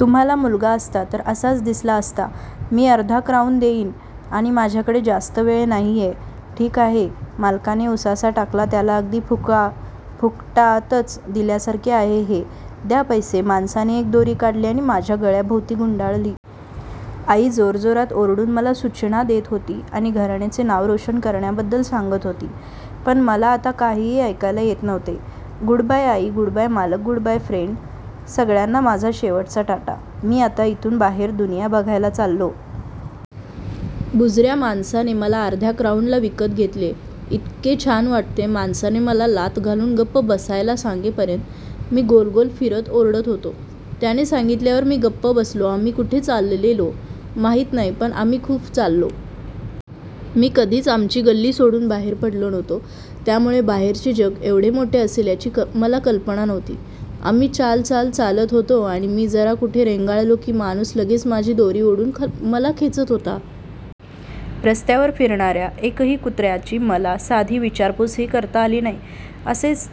तुम्हाला मुलगा असता तर असाच दिसला असता. मी अर्धा क्राऊन देईन आणि माझ्याकडे जास्त वेळ नाहीय. ठीक आहे, मालकाने उसासा टाकला, त्याला अगदी फुकटातच दिल्यासारखे आहे हे. द्या पैसे. माणसाने एक दोरी काढली आणि माझ्या गळ्याभोवती गुंडाळली. आई जोरजोरात ओरडून मला सूचना देत होती आणि घराण्याचे नाव रोशन करण्याबद्दल सांगत होती, पण मला आता काहीही ऐकायला येत नव्हते. गुडबाय आई, गुडबाय मालक, गुडबाय फ्रेड, सगळ्यांना माझा शेवटचा टाटा. मी आता इथून बाहेर दुनिया बघायला चाललो. बुजऱ्या माणसाने मला अर्ध्या क्राऊनला विकत घेतलेय. इतके छान वाटतेय. माणसाने मला लाथ घालून गप्प बसायला सांगेपर्यंत मी गोलगोल फिरत ओरडत होतो. त्याने सांगितल्यावर मी गप्प बसलो. आम्ही कुठे चाललेलो माहित नाही पण आम्ही खूप चाललो. मी कधीच आमची गल्ली सोडून बाहेर पडलो नव्हतो त्यामुळे बाहेरचे जग एवढे मोठे असेल याची मला कल्पना नव्हती. आम्ही चाल चाल चालत होतो आणि मी जरा कुठे रेंगाळलो की माणूस लगेच माझी दोरी ओढून मला खेचत होता. रस्त्यावर फिरणाऱ्या एकाही कुत्र्याची मला साधी विचारपूसही करता आली नाही. असेच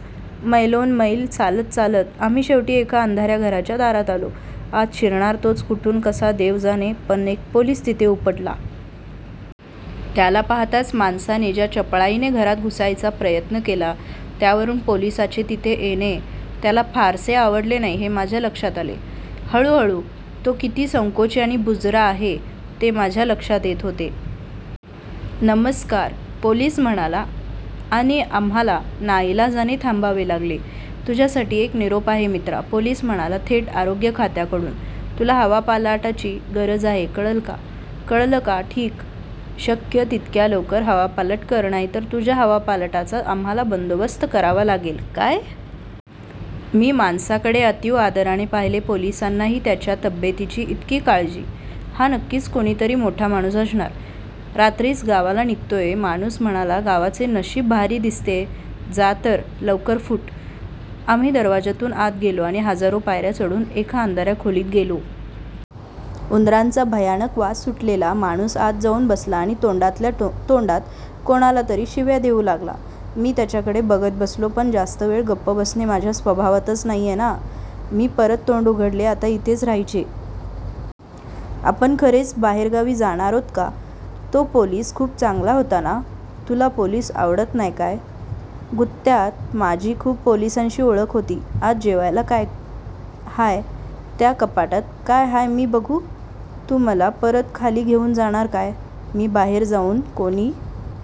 मैलोनमैल चालत चालत आम्ही शेवटी एका अंधाऱ्या घराच्या दारात आलो. आत शिरणार तोच कुठून कसा देव जाणे पण एक पोलिस तिथे उपटला. त्याला पाहताच माणसाने ज्या चपळाईने घरात घुसायचा प्रयत्न केला त्यावरून पोलिसाचे तिथे येणे त्याला फारसे आवडले नाही हे माझ्या लक्षात आले. हळूहळू तो किती संकोची आणि बुजरा आहे ते माझ्या लक्षात येत होते. नमस्कार, पोलिस म्हणाला आणि आम्हाला नाईलाजाने थांबावे लागले. तुझ्यासाठी एक निरोप आहे मित्रा. पोलिस म्हणाला, थेट आरोग्य खात्याकडून. तुला हवापालटाची गरज आहे, कळलं का? ठीक. शक्य तितक्या लवकर हवापालट कर, नाहीतर तुझ्या हवापालटाचा आम्हाला बंदोबस्त करावा लागेल, काय? मी माणसाकडे अतीव आदराने पाहिले. पोलिसांनाही त्याच्या तब्येतीची इतकी काळजी? हा नक्कीच कोणीतरी मोठा माणूस असणार. रात्रीच गावाला निघतोय. माणूस म्हणाला. गावाचे नशीब भारी दिसतेय. जा तर, लौकर फुट. आम्ही दरवाजातून आत गेलो आणि हजारो पायऱ्या चढून एका अंधाऱ्या खोलीत गेलो. उंदरांचा भयानक वास सुटलेला. माणूस आत जाऊन बसला आणि तोंडातल्या तोंडात कोणालातरी शिव्या देऊ लागला. मी त्याच्याकडे बघत बसलो. पण जास्त वेळ गप्प बसणे माझ्या स्वभावातच नाहीय ना, मी परत तोंड उघडले, आता इथेच राहायचे? आपण खरेच बाहेरगावी जाणारोत का? तो पोलिस खूप चांगला होता ना? तुला पोलिस आवडत नाय काय? गुत्त्यात माझी खूप पोलिसांशी ओळख होती. आज जेवायला काय हाय? त्या कपाटात काय हाय मी बघु? तू मला परत खाली घेऊन जाणार काय? मी बाहेर जाऊन कोणी